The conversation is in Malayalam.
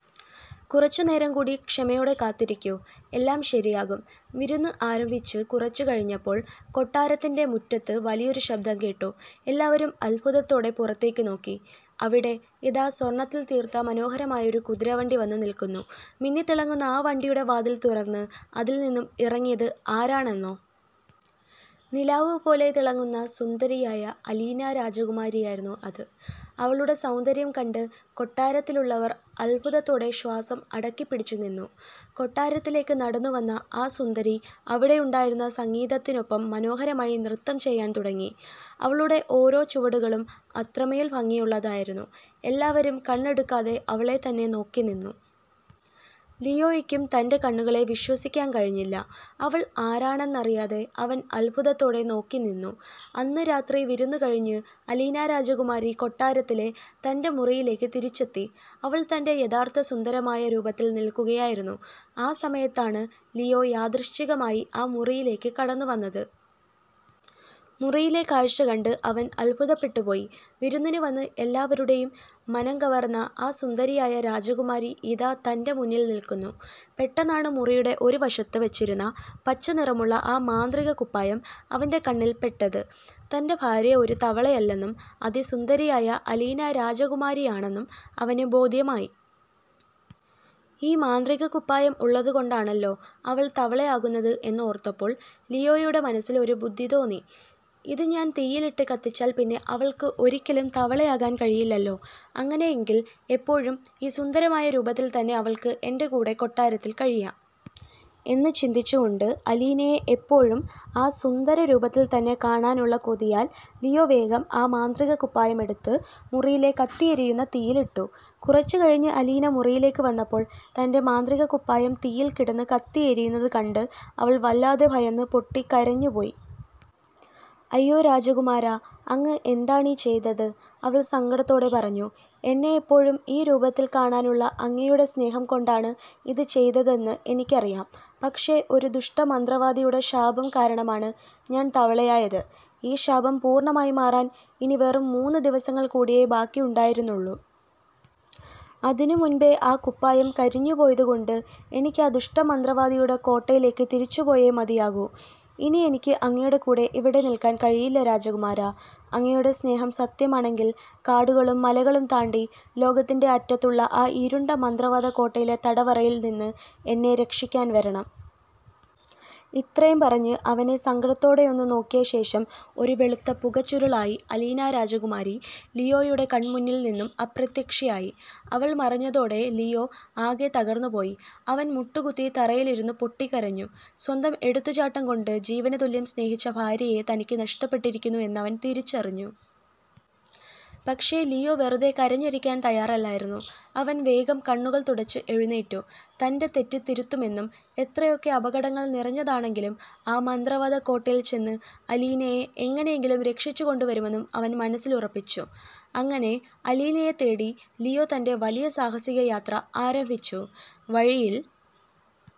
കുറച്ചുനേരം കൂടി ക്ഷമയോടെ കാത്തിരിക്കൂ, എല്ലാം ശരിയാകും. " വിരുന്ന് ആരംഭിച്ച് കുറച്ചുകഴിഞ്ഞപ്പോൾ, കൊട്ടാരത്തിന്റെ മുറ്റത്ത് വലിയൊരു ശബ്ദം കേട്ടു. എല്ലാവരും അത്ഭുതത്തോടെ പുറത്തേക്ക് നോക്കി. അവിടെ ഇതാ സ്വർണത്തിൽ തീർത്ത മനോഹരമായൊരു കുതിരവണ്ടി വന്നുനിൽക്കുന്നു! മിന്നിത്തിളങ്ങുന്ന ആ വണ്ടിയുടെ വാതിൽ തുറന്ന് അതിൽനിന്നും ഇറങ്ങിയത് ആരാണെന്നോ? നിലാവ് പോലെ തിളങ്ങുന്ന സുന്ദരിയായ അലീന രാജകുമാരിയായിരുന്നു അത്! അവളുടെ സൗന്ദര്യം കണ്ട് കൊട്ടാരത്തിലുള്ളവർ അത്ഭുതത്തോടെ ശ്വാസം അടക്കിപ്പിടിച്ചു നിന്നു. കൊട്ടാരത്തിലേക്ക് നടന്നു വന്ന ആ സുന്ദരി അവിടെയുണ്ടായിരുന്ന സംഗീതത്തിനൊപ്പം മനോഹരമായി നൃത്തം ചെയ്യാൻ തുടങ്ങി. അവളുടെ ഓരോ ചുവടുകളും അത്രമേൽ ഭംഗിയുള്ളതായിരുന്നു. എല്ലാവരും കണ്ണെടുക്കാതെ അവളെത്തന്നെ നോക്കിനിന്നു. ലിയോയ്ക്കും തന്റെ കണ്ണുകളെ വിശ്വസിക്കാൻ കഴിഞ്ഞില്ല; അവൾ ആരാണെന്നറിയാതെ അവൻ അത്ഭുതത്തോടെ നോക്കിനിന്നു. അന്ന് രാത്രി വിരുന്ന് കഴിഞ്ഞ്, അലീന രാജകുമാരി കൊട്ടാരത്തിലെ തന്റെ മുറിയിലേക്ക് തിരിച്ചെത്തി. അവൾ തന്റെ യഥാർത്ഥ സുന്ദരമായ രൂപത്തിൽ നിൽക്കുകയായിരുന്നു. ആ സമയത്താണ് ലിയോ യാദൃച്ഛികമായി ആ മുറിയിലേക്ക് കടന്നുവന്നത്! മുറിയിലെ കാഴ്ച കണ്ട് അവൻ അത്ഭുതപ്പെട്ടുപോയി! വിരുന്നിന് വന്ന് എല്ലാവരുടെയും മനംകവർന്ന ആ സുന്ദരിയായ രാജകുമാരി ഇതാ തന്റെ മുന്നിൽ നിൽക്കുന്നു! പെട്ടെന്നാണ് മുറിയുടെ ഒരു വശത്ത് വച്ചിരിക്കുന്ന പച്ചനിറമുള്ള ആ മാന്ത്രികക്കുപ്പായം അവന്റെ കണ്ണിൽ പെട്ടത്. തന്റെ ഭാര്യ ഒരു തവളയല്ലെന്നും, അതിസുന്ദരിയായ അലീന രാജകുമാരിയാണെന്നും അവന് ബോധ്യമായി. ഈ മാന്ത്രികക്കുപ്പായം ഉള്ളത് കൊണ്ടാണല്ലോ അവൾ തവള ആകുന്നത് എന്ന് ഓർത്തപ്പോൾ ലിയോയുടെ മനസ്സിൽ ഒരു ബുദ്ധി തോന്നി. "ഇത് ഞാൻ തീയിലിട്ട് കത്തിച്ചാൽ പിന്നെ അവൾക്ക് ഒരിക്കലും തവളയാകാൻ കഴിയില്ലല്ലോ! അങ്ങനെയെങ്കിൽ എപ്പോഴും ഈ സുന്ദരമായ രൂപത്തിൽ തന്നെ അവൾക്ക് എന്റെ കൂടെ കൊട്ടാരത്തിൽ കഴിയാം. " എന്ന് ചിന്തിച്ചുകൊണ്ട്, അലീനയെ എപ്പോഴും ആ സുന്ദര രൂപത്തിൽ തന്നെ കാണാനുള്ള കൊതിയാൽ ലിയോ വേഗം ആ മാന്ത്രികക്കുപ്പായം എടുത്ത് മുറിയിലെ കത്തിയെരിയുന്ന തീയിലേക്ക് ഇട്ടു! കുറച്ചുകഴിഞ്ഞ് അലീന മുറിയിലേക്ക് വന്നപ്പോൾ, തന്റെ മാന്ത്രികക്കുപ്പായം തീയിൽ കിടന്ന് കത്തിയെരിയുന്നത് കണ്ട് അവൾ വല്ലാതെ ഭയന്ന് പൊട്ടിക്കരഞ്ഞുപോയി! "അയ്യോ രാജകുമാരാ, അങ്ങ് എന്താണീ ചെയ്തത്? " അവൾ സങ്കടത്തോടെ പറഞ്ഞു. "എന്നെ എപ്പോഴും ഈ രൂപത്തിൽ കാണാനുള്ള അങ്ങയുടെ സ്നേഹം കൊണ്ടാണ് ഇത് ചെയ്തതെന്ന് എനിക്കറിയാം. പക്ഷേ, ഒരു ദുഷ്ടമന്ത്രവാദിയുടെ ശാപം കാരണമാണ് ഞാൻ തവളയായത്. എന്റെ ഈ ശാപം പൂർണ്ണമായി മാറാൻ ഇനി വെറും മൂന്ന് ദിവസങ്ങൾ കൂടിയേ ബാക്കിയുണ്ടായിരുന്നുള്ളൂ! അതിനുമുൻപേ ആ കുപ്പായം കരിഞ്ഞു പോയതുകൊണ്ട്, എനിക്ക് ആ ദുഷ്ടമന്ത്രവാദിയുടെ കോട്ടയിലേക്ക് തിരിച്ചുപോയേ മതിയാകൂ. ഇനി എനിക്ക് അങ്ങയുടെ കൂടെ ഇവിടെ നിൽക്കാൻ കഴിയില്ല രാജകുമാരാ! അങ്ങയുടെ സ്നേഹം സത്യമാണെങ്കിൽ, കാടുകളും മലകളും താണ്ടി ലോകത്തിന്റെ അറ്റത്തുള്ള ആ ഇരുണ്ട മന്ത്രവാദക്കോട്ടയിലെ തടവറയിൽ നിന്ന് എന്നെ രക്ഷിക്കാൻ വരണം! " ഇത്രയും പറഞ്ഞ് അവനെ സങ്കടത്തോടെയൊന്നു നോക്കിയ ശേഷം, ഒരു വെളുത്ത പുകച്ചുരുളായി അലീന രാജകുമാരി ലിയോയുടെ കൺമുന്നിൽ നിന്നും അപ്രത്യക്ഷയായി! അവൾ മറഞ്ഞതോടെ ലിയോ ആകെ തകർന്നുപോയി. അവൻ മുട്ടുകുത്തി തറയിലിരുന്ന് പൊട്ടിക്കരഞ്ഞു. സ്വന്തം എടുത്തുചാട്ടം കൊണ്ട്, ജീവനുതുല്യം സ്നേഹിച്ച ഭാര്യയെ തനിക്ക് നഷ്ടപ്പെട്ടിരിക്കുന്നു എന്ന് അവൻ തിരിച്ചറിഞ്ഞു. പക്ഷേ, ലിയോ വെറുതെ കരഞ്ഞിരിക്കാൻ തയ്യാറല്ലായിരുന്നു! അവൻ വേഗം കണ്ണുകൾ തുടച്ച് എഴുന്നേറ്റു. തന്റെ തെറ്റ് തിരുത്തുമെന്നും, എത്രയൊക്കെ അപകടങ്ങൾ നിറഞ്ഞതാണെങ്കിലും ആ മന്ത്രവാദക്കോട്ടയിൽ ചെന്ന് അലീനയെ എങ്ങനെയെങ്കിലും രക്ഷിച്ചു കൊണ്ടുവരുമെന്നും അവൻ മനസ്സിലുറപ്പിച്ചു. അങ്ങനെ, അലീനയെ തേടി ലിയോ തന്റെ വലിയ സാഹസിക യാത്ര ആരംഭിച്ചു. വഴിയിൽ